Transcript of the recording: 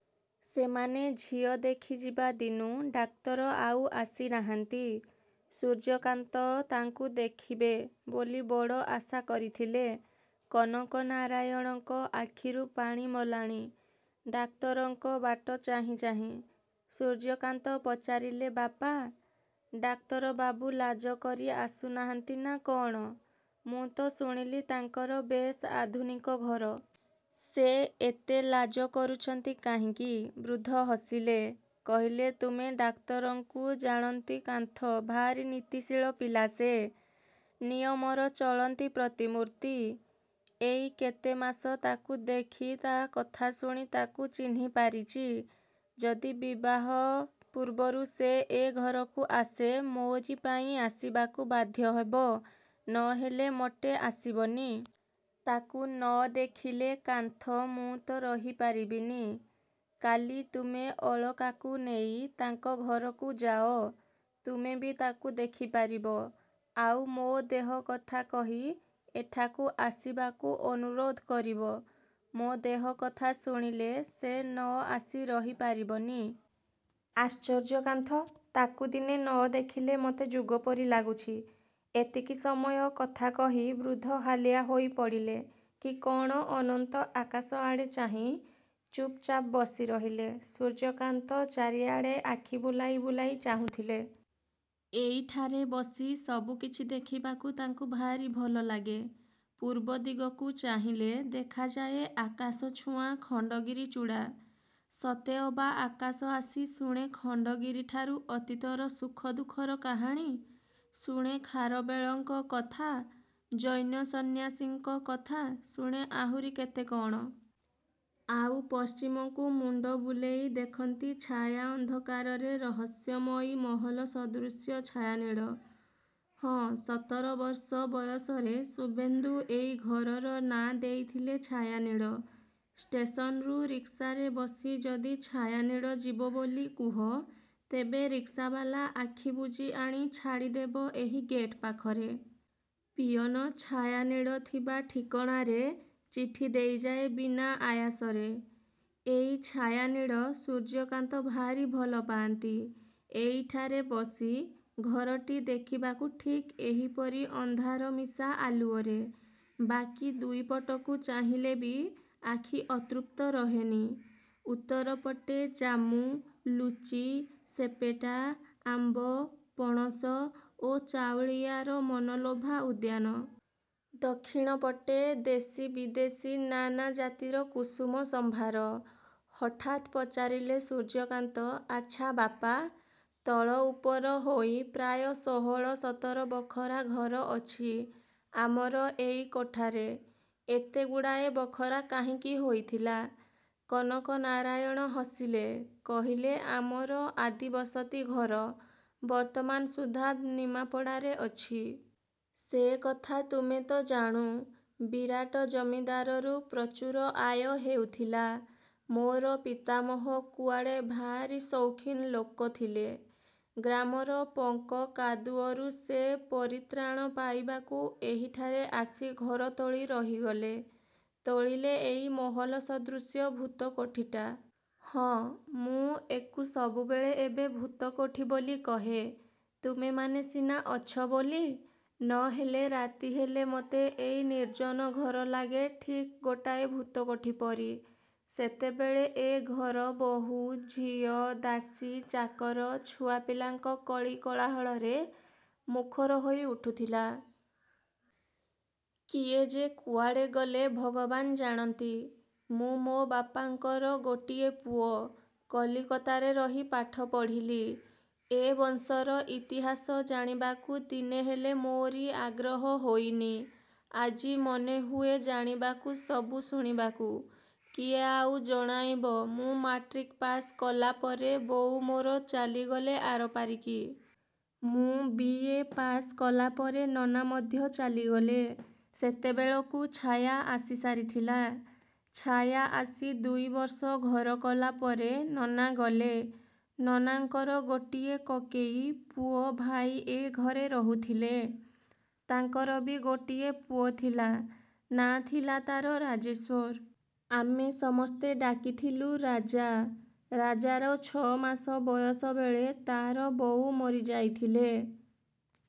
ସେମାନେ ଝିଅ ଦେଖିଯିବା ଦିନୁ ଡାକ୍ତର ଆଉ ଆସିନାହାନ୍ତି। ସୂର୍ଯ୍ୟକାନ୍ତ ତାଙ୍କୁ ଦେଖିବେ ବୋଲି ବଡ଼ ଆଶା କରିଥିଲେ। କନକ ନାରାୟଣଙ୍କ ଆଖିରୁ ପାଣି ମଲାଣି ଡାକ୍ତରଙ୍କ ବାଟ ଚାହିଁ ଚାହିଁ। ସୂର୍ଯ୍ୟକାନ୍ତ ପଚାରିଲେ ବାପା, ଡାକ୍ତରବାବୁ ଲାଜ କରି ଆସୁନାହାନ୍ତି ନା କ'ଣ? ମୁଁ ତ ଶୁଣିଲି ତାଙ୍କର ବେଶ୍ ଆଧୁନିକ ଘର। ସେ ଏତେ ଲାଜ କରୁଛନ୍ତି କାହିଁକି? ବୃଦ୍ଧ ହସିଲେ। କହିଲେ ତୁମେ ଡାକ୍ତରଙ୍କୁ ଜାଣନି କାନ୍ଥ, ଭାରୀ ନୀତିଶୀଳ ପିଲା ସେ। ନିୟମର ଚଳନ୍ତି ପ୍ରତିମୂର୍ତ୍ତି। ଏଇ କେତେ ମାସ ତାକୁ ଦେଖି ତ କଥା ଶୁଣି ତାକୁ। ଚିହ୍ନି ପାରିଛି। ଯଦି ବିବାହ ପୂର୍ବରୁ ସେ ଏ ଘରକୁ ଆସେ ମୋରି ପାଇଁ ଆସିବାକୁ ବାଧ୍ୟ ହେବ, ନହେଲେ ମୋଟେ ଆସିବନି। ତାକୁ ନ ଦେଖିଲେ କାନ୍ଥ ମୁଁ ତ ରହି ପାରିବିନି। କାଲି ତୁମେ ଅଳକାକୁ ନେଇ ତାଙ୍କ ଘରକୁ ଯାଅ। ତୁମେ ବି ତାକୁ ଦେଖି ପାରିବ, ଆଉ ମୋ ଦେହ କଥା କହି ଏଠାକୁ ଆସିବାକୁ ଅନୁରୋଧ କରିବ। ମୋ ଦେହ କଥା ଶୁଣିଲେ ସେ ନ ଆସି ରହି ପାରିବନି। ଆଶ୍ଚର୍ଯ୍ୟ କାନ୍ଥ, ତାକୁ ଦିନେ ନ ଦେଖିଲେ ମୋତେ ଯୁଗ ପରି ଲାଗୁଛି। ଏତିକି ସମୟ କଥା କହି ବୃଦ୍ଧ ହାଲିଆ ହୋଇ ପଡ଼ିଲେ କି କ'ଣ ଅନନ୍ତ ଆକାଶ ଆଡ଼େ ଚାହିଁ ଚୁପ୍ ଚାପ୍ ବସି ରହିଲେ। ସୂର୍ଯ୍ୟକାନ୍ତ ଚାରିଆଡ଼େ ଆଖି ବୁଲାଇ ବୁଲାଇ ଚାହୁଁଥିଲେ। ଏଇଠାରେ ବସି ସବୁ କିଛି ଦେଖିବାକୁ ତାଙ୍କୁ ଭାରି ଭଲ ଲାଗେ। ପୂର୍ବ ଦିଗକୁ ଚାହିଁଲେ ଦେଖାଯାଏ ଆକାଶ ଛୁଆଁ ଖଣ୍ଡଗିରି ଚୂଡ଼ା। ସତେଅବା ଆକାଶ ଆସି ଶୁଣେ ଖଣ୍ଡଗିରିଠାରୁ ଅତୀତର ସୁଖ ଦୁଃଖର କାହାଣୀ, ଶୁଣେ ଖାରବେଳଙ୍କ କଥା, ଜୈନ ସନ୍ନ୍ୟାସୀଙ୍କ କଥା, ଶୁଣେ ଆହୁରି କେତେ କ'ଣ। ଆଉ ପଶ୍ଚିମକୁ ମୁଣ୍ଡ ବୁଲେଇ ଦେଖନ୍ତି ଛାୟା ଅନ୍ଧକାରରେ ରହସ୍ୟମୟୀ ମହଲ ସଦୃଶ ଛାୟାନୀଡ଼। ହଁ ସତର ବର୍ଷ ବୟସରେ ଶୁଭେନ୍ଦୁ ଏଇ ଘରର ନାଁ ଦେଇଥିଲେ "ଛାୟାନୀଡ଼"। ଷ୍ଟେସନରୁ ରିକ୍ସାରେ ବସି ଯଦି "ଛାୟାନୀଡ଼" ଯିବ ବୋଲି କୁହ, ତେବେ ରିକ୍ସାବାଲା ଆଖିବୁଜି ଆଣି ଛାଡ଼ିଦେବ ଏହି ଗେଟ୍ ପାଖରେ। ପିଅନ "ଛାୟାନୀଡ଼" ଥିବା ଠିକଣାରେ ଚିଠି ଦେଇଯାଏ ବିନା ଆୟାସରେ। ଏଇ "ଛାୟାନୀଡ଼" ସୂର୍ଯ୍ୟକାନ୍ତ ଭାରି ଭଲ ପାଆନ୍ତି ଏଇଠାରେ ବସି ଘରଟି ଦେଖିବାକୁ ଠିକ୍ ଏହିପରି ଅନ୍ଧାର ମିଶା ଆଲୁଅରେ। ବାକି ଦୁଇପଟକୁ ଚାହିଁଲେ ବି ଆଖି ଅତୃପ୍ତ ରହେନି। ଉତ୍ତର ପଟେ ଜାମୁ, ଲୁଚି, ସେପେଟା, ଆମ୍ବ, ପଣସ ଓ ଚାଉଳିଆର ମନଲୋଭା ଉଦ୍ୟାନ। ଦକ୍ଷିଣପଟେ ଦେଶୀ ବିଦେଶୀ ନାନା ଜାତିର କୁସୁମ ସମ୍ଭାର। ହଠାତ୍ ପଚାରିଲେ ସୂର୍ଯ୍ୟକାନ୍ତ ଆଚ୍ଛା ବାପା, ତଳ ଉପର ହୋଇ ପ୍ରାୟ ଷୋହଳ ସତର ବଖରା ଘର ଅଛି ଆମର ଏଇ କୋଠାରେ। ଏତେଗୁଡ଼ାଏ ବଖରା କାହିଁକି ହୋଇଥିଲା? କନକ ନାରାୟଣ ହସିଲେ, କହିଲେ ଆମର ଆଦିବସତି ଘର ବର୍ତ୍ତମାନ ସୁଦ୍ଧା ନିମାପଡ଼ାରେ ଅଛି। ସେକଥା ତୁମେ ତ ଜାଣୁ। ବିରାଟ ଜମିଦାରୀରୁ ପ୍ରଚୁର ଆୟ ହେଉଥିଲା। ମୋର ପିତାମହ କୁଆଡ଼େ ଭାରି ସୌଖିନ୍ ଲୋକ ଥିଲେ। ଗ୍ରାମର ପଙ୍କ କାଦୁଅରୁ ସେ ପରିତ୍ରାଣ ପାଇବାକୁ ଏଇଠାରେ ଆସି ଘର ତୋଳି ରହିଗଲେ। ତୋଳିଲେ ଏଇ ମହଲ ସଦୃଶ ଭୂତ କୋଠିଟା। ହଁ, ମୁଁ ଏକୁ ସବୁବେଳେ ଏବେ ଭୂତକୋଠି ବୋଲି କହେ। ତୁମେମାନେ ସିନା ଅଛ ବୋଲି, ନହେଲେ ରାତି ହେଲେ ମତେ ଏଇ ନିର୍ଜନ ଘର ଲାଗେ ଠିକ୍ ଗୋଟାଏ ଭୂତକୋଠି ପରି। ସେତେବେଳେ ଏ ଘର ବୋହୂ, ଝିଅ, ଦାସୀ, ଚାକର ଛୁଆପିଲାଙ୍କ କଳି କୋଳାହଳରେ ମୁଖର ହୋଇ ଉଠୁଥିଲା। କିଏ, ଯେ କୁଆଡ଼େ ଗଲେ ଭଗବାନ ଜାଣନ୍ତି। ମୁଁ, ମୋ ବାପାଙ୍କର ଗୋଟିଏ ପୁଅ। କଲିକତାରେ ରହି ପାଠ ପଢ଼ିଲି। ଏ ବଂଶର ଇତିହାସ ଜାଣିବାକୁ ଦିନେହେଲେ ମୋରି ଆଗ୍ରହ ହୋଇନି। ଆଜି ମନହୁଏ ଜାଣିବାକୁ, ସବୁ ଶୁଣିବାକୁ। କିଏ ଆଉ ଜଣାଇବ! ମୁଁ ମାଟ୍ରିକ୍ ପାଶ୍ କଲାପରେ ବୋଉ ମୋର ଚାଲିଗଲେ ଆରପାରିକି। ମୁଁ ବି. ଏ. ପାଶ୍ କଲାପରେ ନନା ମଧ୍ୟ ଚାଲିଗଲେ। ସେତେବେଳକୁ ଛାୟା ଆସିସାରିଥିଲା। ଛାୟା ଆସି ଦୁଇବର୍ଷ ଘର କଲାପରେ ନନା ଗଲେ। ନନାଙ୍କର ଗୋଟିଏ କକେଇ ପୁଅ ଭାଇ ଏ ଘରେ ରହୁଥିଲେ। ତାଙ୍କର ବି ଗୋଟିଏ ପୁଅ ଥିଲା। ନାଁ ଥିଲା ତା'ର "ରାଜେଶ୍ୱର"। ଆମେ ସମସ୍ତେ ଡାକିଥିଲୁ "ରାଜା"। ରାଜାର ଛଅମାସ ବୟସ ବେଳେ ତା'ର ବୋଉ ମରିଯାଇଥିଲେ।